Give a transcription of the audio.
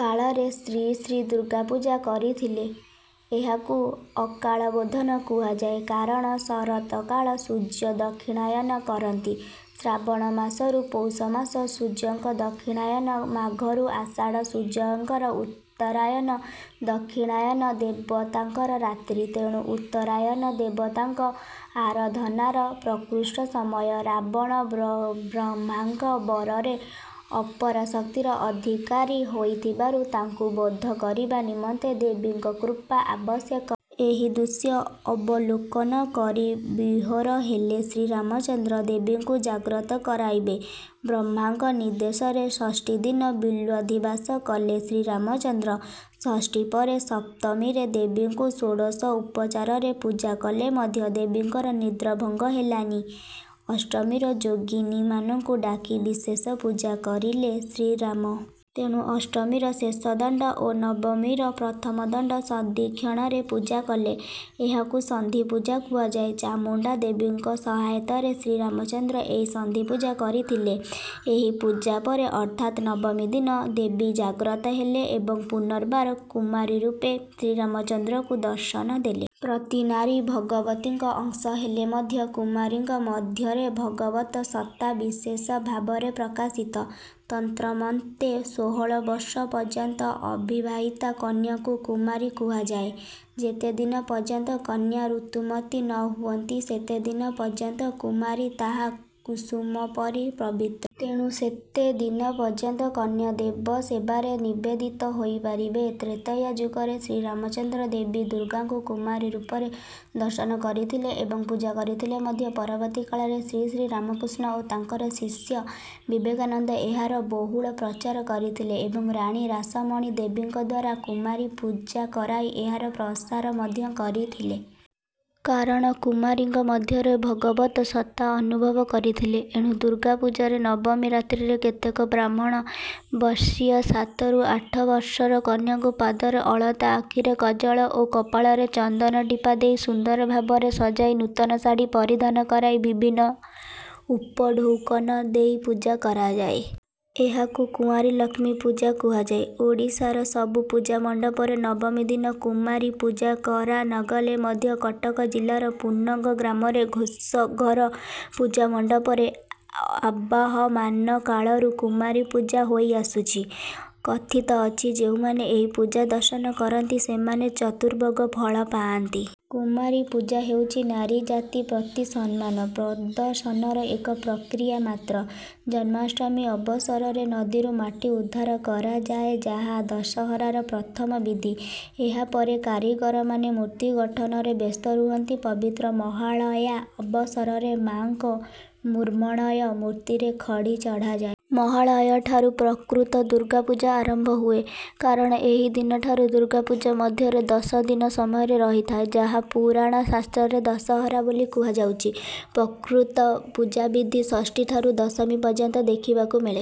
କାଳରେ ଶ୍ରୀ ଶ୍ରୀ ଦୁର୍ଗାପୂଜା କରିଥିଲେ। ଏହାକୁ ଅକାଳବୋଧନ କୁହାଯାଏ। କାରଣ ଶରତକାଳ ସୂର୍ଯ୍ୟ ଦକ୍ଷିଣାୟନ କରନ୍ତି। ଶ୍ରାବଣ ମାସରୁ ପୌଷମାସ ସୂର୍ଯ୍ୟଙ୍କ ଦକ୍ଷିଣାୟନ ମାଘରୁ ଆଷାଢ଼ ସୂର୍ଯ୍ୟଙ୍କର ଉତ୍ତରାୟନ। ଦକ୍ଷିଣାୟନ ଦେବତାଙ୍କର ରାତ୍ରି। ତେଣୁ ଉତ୍ତରାୟନ ଦେବତାଙ୍କ ଆରାଧନାର ପ୍ରକୃଷ୍ଟ ସମୟ। ରାବଣ ବ୍ରହ୍ମାଙ୍କ ବରରେ ଅପାରଶକ୍ତିର ଆଧିକାରୀ ହୋଇଥିବାରୁ ତାଙ୍କୁ ବଧ କରିବା ନିମନ୍ତେ ଦେବୀଙ୍କ କୃପା ଆବଶ୍ୟକ। ଏହି ଦୃଶ୍ୟ ଅବଲୋକନ କରି ବିଭୋର ହେଲେ ଶ୍ରୀରାମଚନ୍ଦ୍ର। ଦେବୀଙ୍କୁ ଜାଗ୍ରତ କରାଇବେ। ବ୍ରହ୍ମାଙ୍କ ନିର୍ଦ୍ଦେଶରେ ଷଷ୍ଠୀଦିନ ବିଲ୍ୱାଧିବାସ କଲେ ଶ୍ରୀରାମଚନ୍ଦ୍ର। ଷଷ୍ଠୀପରେ ସପ୍ତମୀରେ ଦେବୀଙ୍କୁ ଷୋଡ଼ଶ ଉପଚାରରେ ପୂଜା କଲେ ମଧ୍ୟ ଦେବୀଙ୍କର ନିଦ୍ରାଭଙ୍ଗ ହେଲାନି। ଅଷ୍ଟମୀରେ ଯୋଗିନୀମାନଙ୍କୁ ଡାକି ବିଶେଷ ପୂଜାକରିଲେ ଶ୍ରୀରାମ। ତେଣୁ ଅଷ୍ଟମୀର ଶେଷ ଦଣ୍ଡ ଓ ନବମୀର ପ୍ରଥମ ଦଣ୍ଡ ସନ୍ଧିକ୍ଷଣରେ ପୂଜା କଲେ। ଏହାକୁ ସନ୍ଧିପୂଜା କୁହାଯାଏ। ଚାମୁଣ୍ଡା ଦେବୀଙ୍କ ସହାୟତାରେ ଶ୍ରୀରାମଚନ୍ଦ୍ର ଏହି ସନ୍ଧିପୂଜା କରିଥିଲେ। ଏହି ପୂଜା ପରେ ଅର୍ଥାତ୍ ନବମୀ ଦିନ ଦେବୀ ଜାଗ୍ରତ ହେଲେ ଏବଂ ପୁନର୍ବାର କୁମାରୀ ରୂପେ ଶ୍ରୀରାମଚନ୍ଦ୍ରଙ୍କୁ ଦର୍ଶନ ଦେଲେ। ପ୍ରତି ନାରୀ ଭଗବତୀଙ୍କ ଅଂଶ ହେଲେ ମଧ୍ୟ କୁମାରୀଙ୍କ ମଧ୍ୟରେ ଭଗବତ୍ ସତ୍ତା ବିଶେଷ ଭାବରେ ପ୍ରକାଶିତ। ତନ୍ତ୍ରମତେ ଷୋହଳ ବର୍ଷ ପର୍ଯ୍ୟନ୍ତ ଅବିବାହିତା କନ୍ୟାଙ୍କୁ କୁମାରୀ କୁହାଯାଏ। ଯେତେଦିନ ପର୍ଯ୍ୟନ୍ତ କନ୍ୟା ଋତୁମତୀ ନ ହୁଅନ୍ତି ସେତେଦିନ ପର୍ଯ୍ୟନ୍ତ କୁମାରୀ ତାହା କୁସୁମପରି ପବିତ୍ର। ତେଣୁ ସେତେଦିନ ପର୍ଯ୍ୟନ୍ତ କନ୍ୟା ଦେବସେବାରେ ନିବେଦିତ ହୋଇପାରିବେ। ତ୍ରେତୟା ଯୁଗରେ ଶ୍ରୀରାମଚନ୍ଦ୍ର ଦେବୀ ଦୁର୍ଗାଙ୍କୁ କୁମାରୀ ରୂପରେ ଦର୍ଶନ କରିଥିଲେ ଏବଂ ପୂଜା କରିଥିଲେ ମଧ୍ୟ ପରବର୍ତ୍ତୀକାଳରେ ଶ୍ରୀଶ୍ରୀ ରାମକୃଷ୍ଣ ଓ ତାଙ୍କର ଶିଷ୍ୟ ବିବେକାନନ୍ଦ ଏହାର ବହୁଳ ପ୍ରଚାର କରିଥିଲେ ଏବଂ ରାଣୀ ରାସମଣୀ ଦେବୀଙ୍କଦ୍ୱାରା କୁମାରୀ ପୂଜାକରାଇ ଏହାର ପ୍ରସାର ମଧ୍ୟ କରିଥିଲେ। କାରଣ କୁମାରୀଙ୍କ ମଧ୍ୟରେ ଭଗବତ୍ ସତ୍ତା ଅନୁଭବ କରିଥିଲେ। ଏଣୁ ଦୁର୍ଗାପୂଜାର ନବମୀ ରାତ୍ରିରେ କେତେକ ବ୍ରାହ୍ମଣ ବଂଶୀୟ ସାତରୁ ଆଠ ବର୍ଷର କନ୍ୟାକୁ ପାଦରେ ଅଳତା ଆଖିରେ କଜ୍ଜଳ ଓ କପାଳରେ ଚନ୍ଦନ ଟିପା ଦେଇ ସୁନ୍ଦର ଭାବରେ ସଜାଇ ନୂତନ ଶାଢ଼ି ପରିଧାନ କରାଇ ବିଭିନ୍ନ ଉପଢ଼ୌକନ ଦେଇ ପୂଜା କରାଯାଏ। ଏହାକୁ କୁଆଁରୀ ଲକ୍ଷ୍ମୀ ପୂଜା କୁହାଯାଏ। ଓଡ଼ିଶାର ସବୁ ପୂଜାମଣ୍ଡପରେ ନବମୀ ଦିନ କୁମାରୀ ପୂଜା କରା ନ ଗଲେ ମଧ୍ୟ କଟକ ଜିଲ୍ଲାର ପୁନଙ୍ଗ ଗ୍ରାମର ଘୋଷଘର ପୂଜାମଣ୍ଡପରେ ଆବାହମାନକାଳରୁ କୁମାରୀ ପୂଜା ହୋଇଆସୁଛି। କଥିତ ଅଛି ଯେଉଁମାନେ ଏହି ପୂଜା ଦର୍ଶନ କରନ୍ତି ସେମାନେ ଚତୁବର୍ଗ ଫଳ ପାଆନ୍ତି। କୁମାରୀ ପୂଜା ହେଉଛି ନାରୀଜାତି ପ୍ରତି ସମ୍ମାନ ପ୍ରଦର୍ଶନର ଏକ ପ୍ରକ୍ରିୟା ମାତ୍ର। ଜନ୍ମାଷ୍ଟମୀ ଅବସରରେ ନଦୀରୁ ମାଟି ଉଦ୍ଧାର କରାଯାଏଯାହା ଦଶହରାର ପ୍ରଥମ ବିଧି। ଏହା ପରେ କାରିଗରମାନେ ମୂର୍ତ୍ତି ଗଠନରେ ବ୍ୟସ୍ତ ରୁହନ୍ତି। ପବିତ୍ର ମହାଳୟା ଅବସରରେ ମାଙ୍କ ମୃଣ୍ମୟ ମୂର୍ତ୍ତିରେ ଖଡ଼ି ଚଢାଯାଏ। ମହାଳୟା ଠାରୁ ପ୍ରକୃତ ଦୁର୍ଗାପୂଜା ଆରମ୍ଭ ହୁଏ। କାରଣ ଏହି ଦିନ ଠାରୁ ଦୁର୍ଗାପୂଜା ମଧ୍ୟରେ ଦଶ ଦିନ ସମୟ ରହିଥାଏ ଯାହା ପୁରାଣ ଶାସ୍ତ୍ରରେ ଦଶହରା ବୋଲି କୁହାଯାଇଛି। ପ୍ରକୃତ ପୂଜାବିଧି ଷଷ୍ଠୀ ଠାରୁ ଦଶମୀ ପର୍ଯ୍ୟନ୍ତ ଦେଖିବାକୁ ମିଳେ।